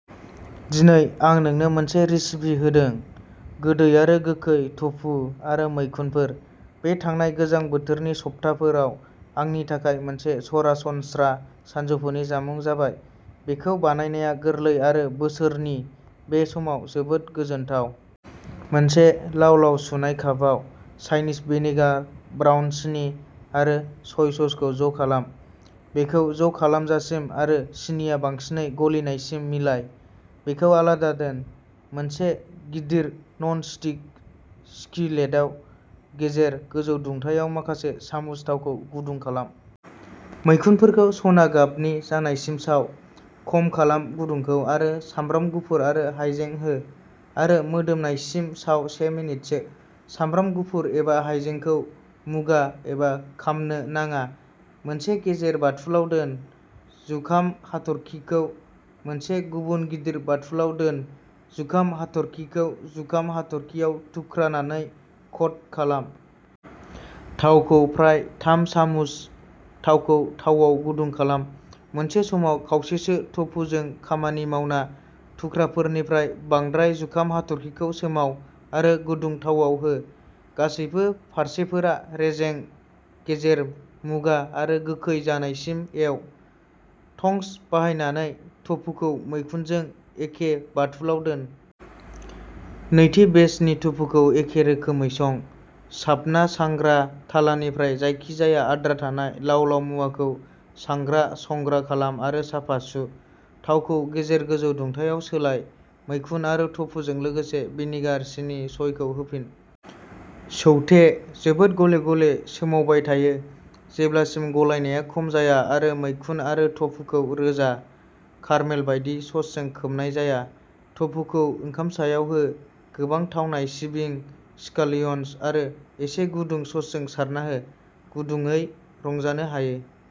दिनै आं नोंनो मोनसे रेसिपि होदों, गोदै आरो गोखै टफु आरो मैखुनफोर। बे थांनाय गोजां बोथोरनि सप्ताफोराव आंनि थाखाय मोनसे सरासनस्रा सानजौफुनि जामुं जाबाय। बेखौ बानायनाया गोरलै आरो बोसोरनि बे समाव जोबोद गोजोनथाव। मोनसे लाव लाव सुनाय कापआव, चाइनिज भिनेगार, ब्राउन सिनि आरो सय ससखौ ज' खालाम। बेखौ ज' खालामजासिम आरो सिनिआ बांसिनै गलिनायसिम मिलाय। बेखौ आलादा दोन। मोनसे गिदिर नन स्टिक स्किलेटआव, गेजेर गोजौ दुंथायाव माखासे सामुस थावखौ गुदुं खालाम। मैखुनफोरखौ सना गाबनि जानायसिम साव। खम खालाम गुदुंखौ आरो सामब्राम गुफुर आरो हायजें हो आरो मोदोमनायसिम साव से मिनिटसो। सामब्राम गुफुर एबा हायजेंखौ मुगा एबा खामनो नाङा। मोनसे गेजेर बाथुलाव दोन। जुखाम हाथरखिखौ मोनसे गुबुन गिदिर बाथुलाव दोन, जुखाम हाथरखिखौ जुखाम हाथरखिआव थुख्रानानै क'ट खालाम। थावखौ फ्राय थाम सामुस थावखौ थावाव गुदुं खालाम। मोनसे समाव खावसेसो टफुजों खामानि मावना, थुख्राफोरनिफ्राय बांद्राय जुखाम हाथरखिखौ सोमाव आरो गुदुं थावाव हो। गासैबो फारसेफोरा रेजें गेजेर मुगा आरो गोखै जानायसिम एव। टंस बाहायनानै टफुखौ मैखुनजों एखे बाथुलाव दोन। नैथि बेचनि टफुखौ एखे रोखोमै सं। साबना सांग्रा थालानिफ्राय जायखिजाया आद्रा थानाय लाव लाव मुवाखौ सांग्रा संग्रा खालाम आरो साफा सु। थावखौ गेजेर गोजौ दुंथायाव सोलाय, मैखुन आरो टफुजों लोगोसे भिनेगार, सिनि, सयखौ होफिन। सौटे, जोबोद गले गले सोमावबाय थायो जेब्लासिम गलायनाया खम जाया आरो मैखुन आरो टफुखौ रोजा, कारमेल बायदि ससजों खोबनाय जाया। टफुखौ ओंखाम सायाव हो, गोबां थावनाय सिबिं, स्कालियन्स आरो एसे गुदुं ससजों सारना हो। गुदुंयै रंजानो हायो।